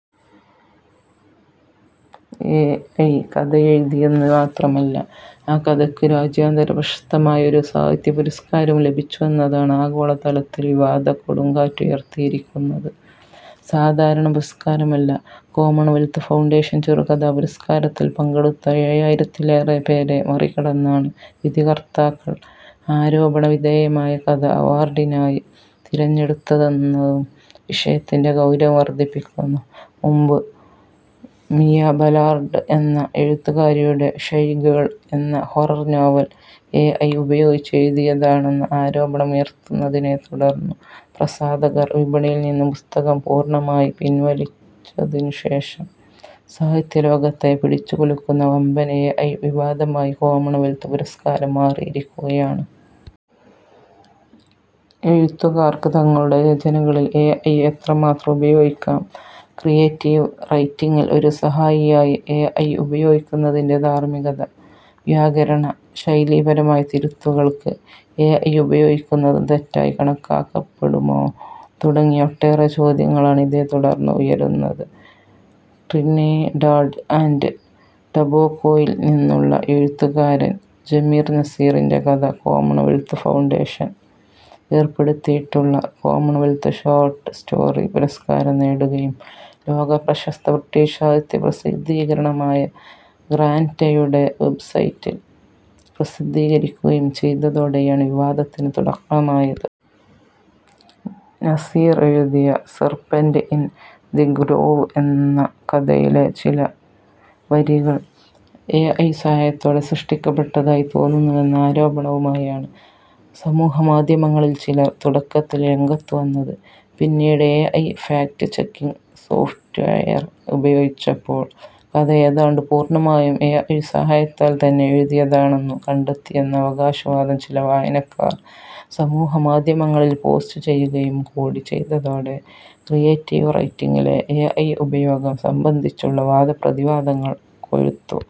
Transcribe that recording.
AI കഥയെഴുതിയെന്നു മാത്രമല്ല, ആ കഥയ്ക്ക് രാജ്യാന്തര പ്രശസ്തമായ ഒരു സാഹിത്യപുരസ്കാരവും ലഭിച്ചുവെന്നതാണ് ആഗോളതലത്തിൽ വിവാദക്കൊടുങ്കാറ്റുയർത്തിയിരിക്കുന്നത്. സാധാരണ പുരസ്കാരമല്ല, കോമൺവെൽത്ത് ഫൗണ്ടേഷൻ ചെറുകഥാ പുരസ്കാരത്തിൽ പങ്കെടുത്ത ഏഴായിരത്തിലേറെപ്പേരെ മറികടന്നാണ് വിധികർത്താക്കൾ ആരോപണവിധേയമായ കഥ അവാർഡിനായി തിരഞ്ഞെടുത്തതെന്നതും വിഷയത്തിന്റെ ഗൗരവം വർധിപ്പിക്കുന്നു. മുൻപ് മിയ ബലാർഡ് എന്ന എഴുത്തുകാരിയുടെ 'ഷൈ ഗേൾ' എന്ന ഹൊറർ നോവൽ എഐ ഉപയോഗിച്ച് എഴുതിയതാണെന്ന ആരോപണമുയർന്നതിനെത്തുടർന്നു പ്രസാധകർ വിപണിയിൽ നിന്നു പുസ്തകം പൂർണമായി പിൻവലിച്ചതിനു ശേഷം സാഹിത്യലോകത്തെ പിടിച്ചുകുലുക്കുന്ന വമ്പൻ എഐ വിവാദമായി കോമൺവെൽത്ത് പുരസ്കാരം മാറിയിരിക്കുകയാണ്. എഴുത്തുകാർക്ക് തങ്ങളുടെ രചനകളിൽ എഐ എത്രമാത്രം ഉപയോഗിക്കാം, ക്രിയേറ്റീവ് റൈറ്റിങ്ങിൽ ഒരു സഹായിയായി എഐ ഉപയോഗിക്കുന്നതിന്റെ ധാർമികത, വ്യാകരണ, ശൈലീപരമായ തിരുത്തുകൾക്ക് എഐ ഉപയോഗിക്കുന്നതും തെറ്റായി കണക്കാക്കപ്പെടുമോ തുടങ്ങിയ ഒട്ടേറെ ചോദ്യങ്ങളാണ് ഇതേത്തുടർന്ന് ഉയരുന്നത്. ട്രിനിഡാഡ് ആൻഡ് ടൊബാഗോയിൽ നിന്നുള്ള എഴുത്തുകാരൻ ജമീർ നസീറിന്റെ കഥ കോമൺവെൽത്ത് ഫൗണ്ടേഷൻ ഏർപ്പെടുത്തിയിട്ടുള്ള കോമൺവെൽത്ത് ഷോർട് സ്റ്റോറി പുരസ്കാരം നേടുകയും ലോക പ്രശസ്ത ബ്രിട്ടിഷ് സാഹിത്യ പ്രസിദ്ധീകരണമായ ഗ്രാൻറ്റയുടെ വെബ്സൈറ്റിൽ പ്രസിദ്ധീകരിക്കുകയും ചെയ്തതോടെയാണ് വിവാദത്തിന് തുടക്കമായത്. നസീർ എഴുതിയ 'സെർപെന്റ് ഇൻ ദ് ഗ്രോവ്' എന്ന കഥയിലെ ചില വരികൾ എഐ സഹായത്തോടെ സൃഷ്ടിക്കപ്പെട്ടതായി തോന്നുന്നുവെന്ന ആരോപണവുമായാണ് സമൂഹമാധ്യമങ്ങളിൽ ചിലർ തുടക്കത്തിൽ രംഗത്തുവന്നത്. പിന്നീട് എഐ ഫാക്ട് ചെക്കിങ് സോഫ്റ്റ്വെയർ ഉപയോഗിച്ചപ്പോൾ കഥ ഏതാണ്ടു പൂർണമായും എഐ സഹായത്താൽ തന്നെ എഴുതിയതാണെന്നു കണ്ടെത്തിയെന്ന അവകാശവാദം ചില വായനക്കാർ സമൂഹമാധ്യമങ്ങളിൽ പോസ്റ്റ് ചെയ്യുകയും കൂടി ചെയ്തതോടെ ക്രിയേറ്റീവ് റൈറ്റിങ്ങിലെ എഐ ഉപയോഗം സംബന്ധിച്ചുള്ള വാദപ്രതിവാദങ്ങൾ കൊഴുത്തു.